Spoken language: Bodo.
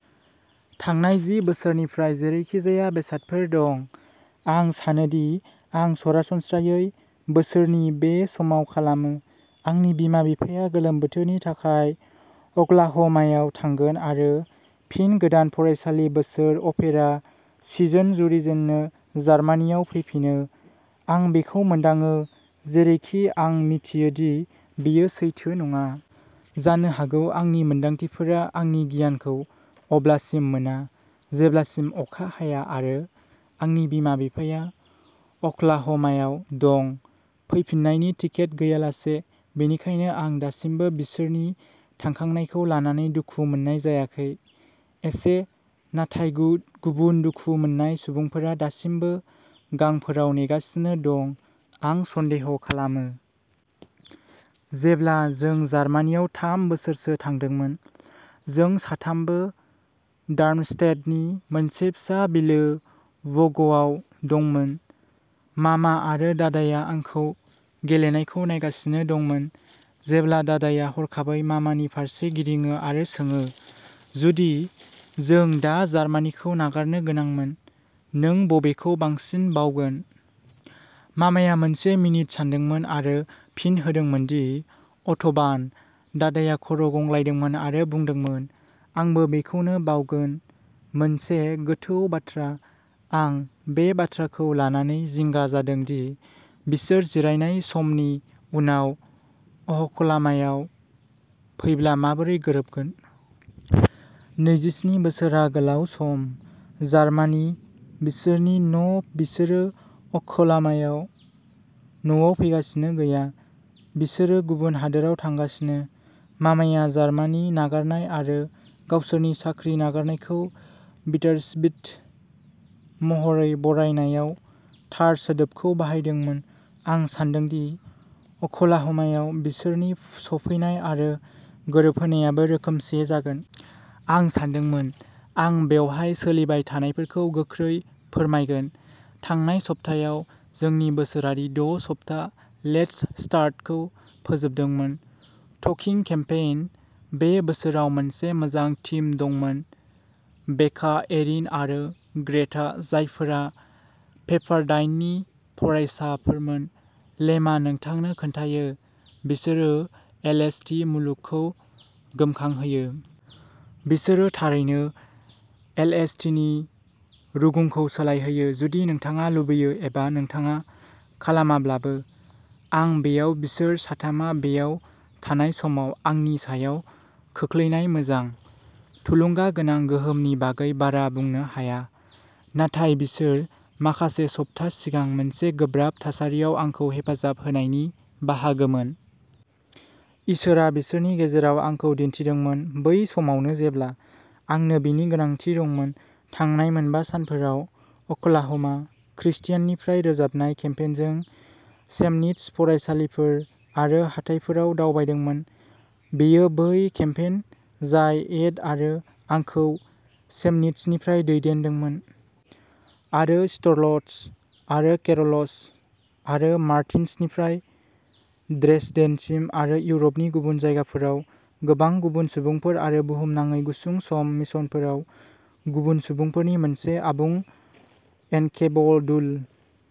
थांनाय जि बोसोरनिफ्राय जेरैखिजाया बेसादफोर दं। आं सानोदि आं सरासनस्रायै बोसोरनि बे समाव खालामो आंनि बिमा-बिफाया गोलोम बोथोरनि थाखाय अक्लाह'मायाव थांगोन आरो फिन गोदान फरायसालि बोसोर अपेरा सिजोन जुरिजेननो जार्मानियाव फैफिनो। आं बेखौ मोनदाङो, जेरैखि आं मिथियो दि बेयो सैथो नङा। जानो हागौ, आंनि मोन्दांथिफोरा आंनि गियानखौ अब्लासिम मोना जेब्लासिम अखा हाया आरो आंनि बिमा-बिफाया अक्लाह'मायाव दं, फैफिननायनि टिकेट गैयालासे। बेनिखायनो, आं दासिमबो बिसोरनि थांखांनायखौ लानानै दुखु मोननाय जायाखै। एसे, नाथाय गुबुन दुखु मोननाय सुबुंफोरा दासिमबो गांफोराव नेगासिनो दं, आं सन्देह खालामो। जेब्ला जों जार्मानियाव थाम बोसोरसो थादोंमोन, जों साथामबो डार्मस्टेडनि मोनसे फिसा बिलो, व'गआव दंमोन। मामा आरो दादाया आंखौ गेलेनायखौ नायगासिनो दंमोन, जेब्ला दादाया हरखाबै मामानि फारसे गिदिङो आरो सोङो, जुदि जों दा जार्मानिखौ नागारनो गोनांमोन, नों बबेखौ बांसिन बावगोन? मामाया मोनसे मिनिट सानदोंमोन आरो फिन होदोंमोन दि अट'बान। दादाया खर' गंग्लायदोंमोन आरो बुंदोंमोन, आंबो बेखौनो बावगोन। मोनसे गोथौ बाथ्रा, आं बे बाथ्राखौ लानानै जिंगा जादों दि बिसोर जिरायनाय समनि उनाव अक्लाहमायाव फैब्ला माबोरै गोरोबगोन। नैजिस्नि बोसोरआ गोलाव सम। जार्मानि बिसोरनि न' बिसोरो अक्लाहमायाव न'आव फैगासिनो गैया बिसोरो गुबुन हादोराव थांगासिनो। मामाया जार्मानि नागारनाय आरो गावसोरनि साख्रि नागारनायखौ बिटारस्विट महरै बरनायनायाव थार सोदोबखौ बाहायदोंमोन। आं सान्दों दि अक्लाहमायाव बिसोरनि सफैनाय आरो गोरोबहोनायाबो रोखोमसे जागोन। आं सानदोंमोन आं बेवहाय सोलिबाय थानायफोरखौ गोख्रै फोरमायगोन। थांनाय सप्तायाव, जोंनि बोसोरारि द’ सप्ता लेट्स स्टार्टखौ फोजोबदोंमोन। ट'किं केम्पेइन। बे बोसोराव मोनसे मोजां टिम दंमोन बेका, एरिन आरो ग्रेटा, जायफोरा पेपारडाइननि फरायसाफोरमोन। लेमआ नोंथांनो खोन्थायो, बिसोरो एलएसटी मुलुगखौ गोमखांहोयो। बिसोर थारैनो एलएसटीनि रुगुंखौ सोलायहोयो, जुदि नोंथाङा लुबैयो एबा नोंथाङा खालामाब्लाबो। आं बेयाव बिसोर साथामआ बेयाव थानाय समाव आंनि सायाव खोख्लैनाय मोजां, थुलुंगागोनां गोहोमनि बागै बारा बुंनो हाया। नाथाय बिसोर माखासे सप्ता सिगां मोनसे गोब्राब थासारियाव आंखौ हेफाजाब होनायनि बाहागोमोन। इसोरआ बिसोरनि गेजेरजों आंखौ दिन्थिदोंमोन, बै समावनो जेब्ला आंनो बेनि गोनांथि दंमोन। थांनाय मोनबा सानफोराव, अक्लाह'मा क्रिस्टियाननिफ्राय रोजाबनाय केम्पेइनजों चेमनिट्ज फरायसालिफोर आरो हाथाइफोराव दावबायदोंमोन। बेयो बै केम्पेइन जाय एड आरो आंखौ चेमनिट्जसिम दैदेनदोंमोन। आरो स्ट'ल्ट्स आरो केर'ल्स आरो मार्टिन्सनिफ्राय ड्रेसडेनसिम। आरो इउरपनि गुबुन जायगाफोराव गोबां गुबुन सुबुंफोर आरो बुहुमनाङै गुसुं सम मिशनफोराव गुबुन सुबुंफोरनि मोनसे आबुंएनकेब'डुल।